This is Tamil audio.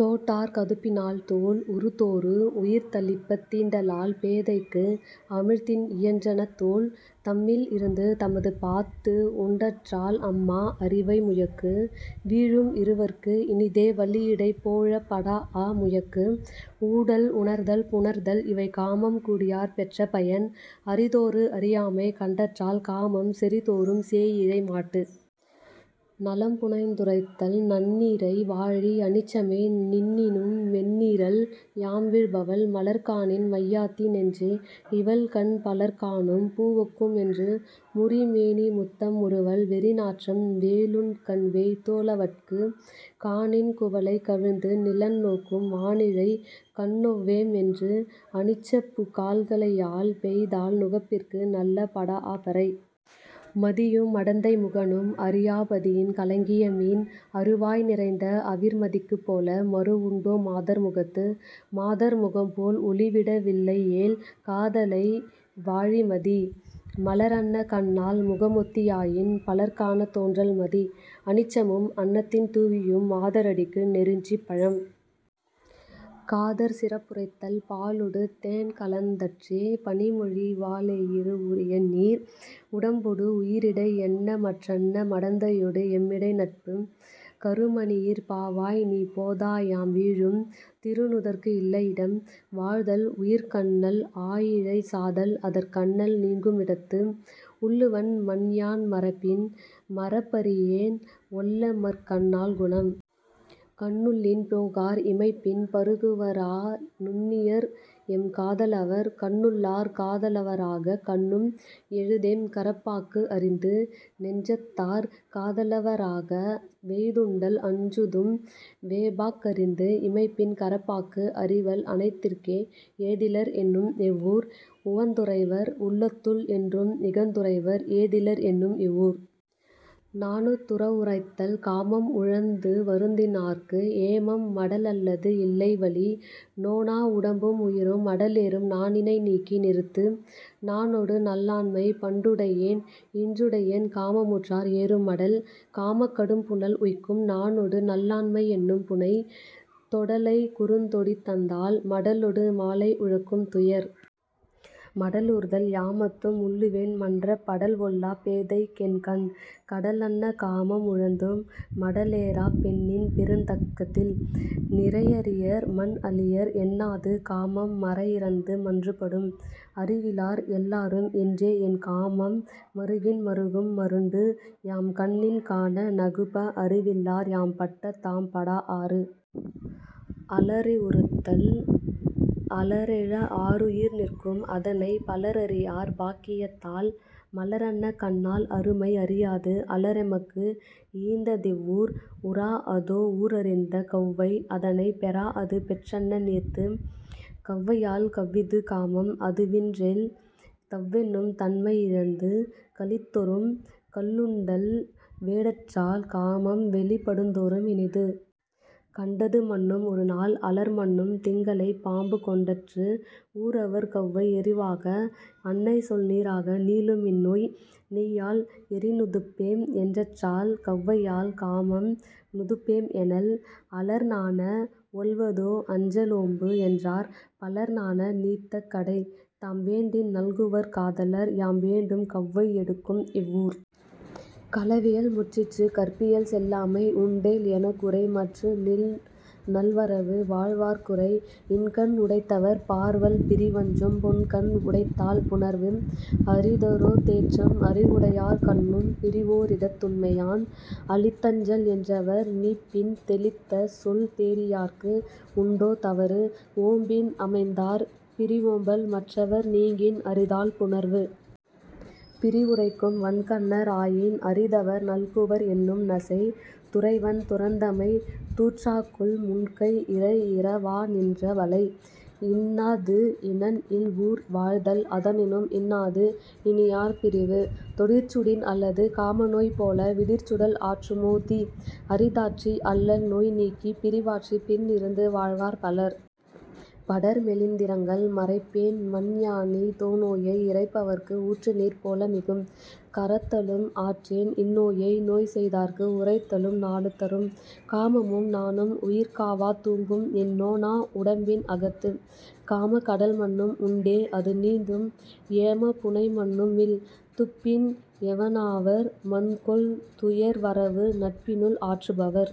தோட் டார் கதுப்பினாள் தோள். உறுதோறு உயிர்தளிர்ப்பத் தீண்டலால் பேதைக்கு அமிழ்தின் இயன்றன தோள். தம்மில் இருந்து தமதுபாத்து உண்டற்றால் அம்மா அரிவை முயக்கு. வீழும் இருவர்க்கு இனிதே வளியிடை போழப் படாஅ முயக்கு. ஊடல் உணர்தல் புணர்தல் இவைகாமம் கூடியார் பெற்ற பயன். அறிதோறு அறியாமை கண்டற்றால் காமம் செறிதோறும் சேயிழை மாட்டு.. நலம்புனைந்துரைத்தல் நன்னீரை வாழி அனிச்சமே நின்னினும் மென்னீரள் யாம்வீழ் பவள். மலர்காணின் மையாத்தி நெஞ்சே இவள்கண் பலர்காணும் பூவொக்கும் என்று. முறிமேனி முத்தம் முறுவல் வெறிநாற்றம் வேலுண்கண் வேய்த்தோ ளவட்கு. காணின் குவளை கவிழ்ந்து நிலன்நோக்கும் மாணிழை கண்ணொவ்வேம் என்று. அனிச்சப்பூக் கால்களையாள் பெய்தாள் நுகப்பிற்கு நல்ல படாஅ பறை. மதியும் மடந்தை முகனும் அறியா பதியின் கலங்கிய மீன். அறுவாய் நிறைந்த அவிர்மதிக்குப் போல மறுவுண்டோ மாதர் முகத்து. மாதர் முகம்போல் ஒளிவிட வல்லையேல் காதலை வாழி மதி. மலரன்ன கண்ணாள் முகமொத்தி யாயின் பலர்காணத் தோன்றல் மதி. அனிச்சமும் அன்னத்தின் தூவியும் மாதர் அடிக்கு நெருஞ்சிப் பழம்.. காதற்சிறப்புரைத்தல் பாலொடு தேன்கலந் தற்றே பணிமொழி வாலெயிறு ஊறிய நீர். உடம்பொடு உயிரிடை என்னமற் றன்ன மடந்தையொடு எம்மிடை நட்பு. கருமணியிற் பாவாய்நீ போதாயாம் வீழும் திருநுதற்கு இல்லை இடம். வாழ்தல் உயிர்க்கன்னள் ஆயிழை சாதல் அதற்கன்னள் நீங்கும் இடத்து. உள்ளுவன் மன்யான் மறப்பின் மறப்பறியேன் ஒள்ளமர்க் கண்ணாள் குணம். கண்ணுள்ளின் போகார் இமைப்பின் பருகுவரா நுண்ணியர்எம் காத லவர். கண்ணுள்ளார் காத லவராகக் கண்ணும் எழுதேம் கரப்பாக்கு அறிந்து. நெஞ்சத்தார் காத லவராக வெய்துண்டல் அஞ்சுதும் வேபாக் கறிந்து. இமைப்பின் கரப்பாக்கு அறிவல் அனைத்திற்கே ஏதிலர் என்னும் இவ் வூர். உவந்துறைவர் உள்ளத்துள் என்றும் இகந்துறைவர் ஏதிலர் என்னும் இவ் வூர்.. நாணுத்துறவுரைத்தல் காமம் உழந்து வருந்தினார்க்கு ஏமம் மடலல்லது இல்லை வலி. நோனா உடம்பும் உயிரும் மடலேறும் நாணினை நீக்கி நிறுத்து. நாணொடு நல்லாண்மை பண்டுடையேன் இன்றுடையேன் காமுற்றார் ஏறும் மடல். காமக் கடும்புனல் உய்க்கும் நாணொடு நல்லாண்மை என்னும் புணை. தொடலைக் குறுந்தொடி தந்தாள் மடலொடு மாலை உழக்கும் துயர். மடலூர்தல் யாமத்தும் உள்ளுவேன் மன்ற படல்ஒல்லா பேதைக்கென் கண். கடலன்ன காமம் உழந்தும் மடலேறாப் பெண்ணின் பெருந்தக்க தில். நிறையரியர் மன்அளியர் என்னாது காமம் மறையிறந்து மன்று படும். அறிகிலார் எல்லாரும் என்றேஎன் காமம் மறுகின் மறுகும் மருண்டு. யாம்கண்ணின் காண நகுப அறிவில்லார் யாம்பட்ட தாம்படா ஆறு.. அலரறிவுறுத்தல் அலரெழ ஆருயிர் நிற்கும் அதனைப் பலரறியார் பாக்கியத் தால். மலரன்ன கண்ணாள் அருமை அறியாது அலரெமக்கு ஈந்ததிவ் வூர். உறாஅதோ ஊரறிந்த கெளவை அதனைப் பெறாஅது பெற்றன்ன நீர்த்து. கவ்வையால் கவ்விது காமம் அதுவின்றேல் தவ்வென்னும் தன்மை இழந்து. களித்தொறும் கள்ளுண்டல் வேட்டற்றால் காமம் வெளிப்படுந் தோறும் இனிது. கண்டது மன்னும் ஒருநாள் அலர்மன்னும் திங்களைப் பாம்புகொண் டற்று. ஊரவர் கெளவை எருவாக அன்னைசொல் நீராக நீளும்இந் நோய். நெய்யால் எரிநுதுப்பேம் என்றற்றால் கெளவையால் காமம் நுதுப்பேம் எனல். அலர்நாண ஒல்வதோ அஞ்சலோம்பு என்றார் பலர்நாண நீத்தக் கடை. தாம்வேண்டின் நல்குவர் காதலர் யாம்வேண்டும் கெளவை எடுக்கும்இவ் வூர். களவியல் முற்றிற்று கற்பியல் செல்லாமை உண்டேல் எனக்குரை மற்றுநின் வல்வரவு வாழ்வார்க் குரை. இன்கண் உடைத்தவர் பார்வல் பிரிவஞ்சும் புன்கண் உடைத்தால் புணர்வு. அரிதரோ தேற்றம் அறிவுடையார் கண்ணும் பிரிவோ ரிடத்துண்மை யான். அளித்தஞ்சல் என்றவர் நீப்பின் தெளித்தசொல் தேறியார்க்கு உண்டோ தவறு. ஓம்பின் அமைந்தார் பிரிவோம்பல் மற்றவர் நீங்கின் அரிதால் புணர்வு. பிரிவுரைக்கும் வன்கண்ணர் ஆயின் அரிதவர் நல்குவர் என்னும் நசை. துறைவன் துறந்தமை தூற்றாகொல் முன்கை இறைஇறவா நின்ற வளை. இன்னாது இனன்இல்ஊர் வாழ்தல் அதனினும் இன்னாது இனியார்ப் பிரிவு. தொடிற்சுடின் அல்லது காமநோய் போல விடிற்சுடல் ஆற்றுமோ தீ. அரிதாற்றி அல்லல்நோய் நீக்கிப் பிரிவாற்றிப் பின்இருந்து வாழ்வார் பலர்.. படர்மெலிந்திரங்கல் மறைப்பேன்மன் யானிஃதோ நோயை இறைப்பவர்க்கு ஊற்றுநீர் போல மிகும். கரத்தலும் ஆற்றேன்இந் நோயைநோய் செய்தார்க்கு உரைத்தலும் நாணுத் தரும். காமமும் நாணும் உயிர்காவாத் தூங்கும்என் நோனா உடம்பின் அகத்து. காமக் கடல்மன்னும் உண்டே அதுநீந்தும் ஏமப் புணைமன்னும் இல். துப்பின் எவனாவர் மன்கொல் துயர்வரவு நட்பினுள் ஆற்று பவர்.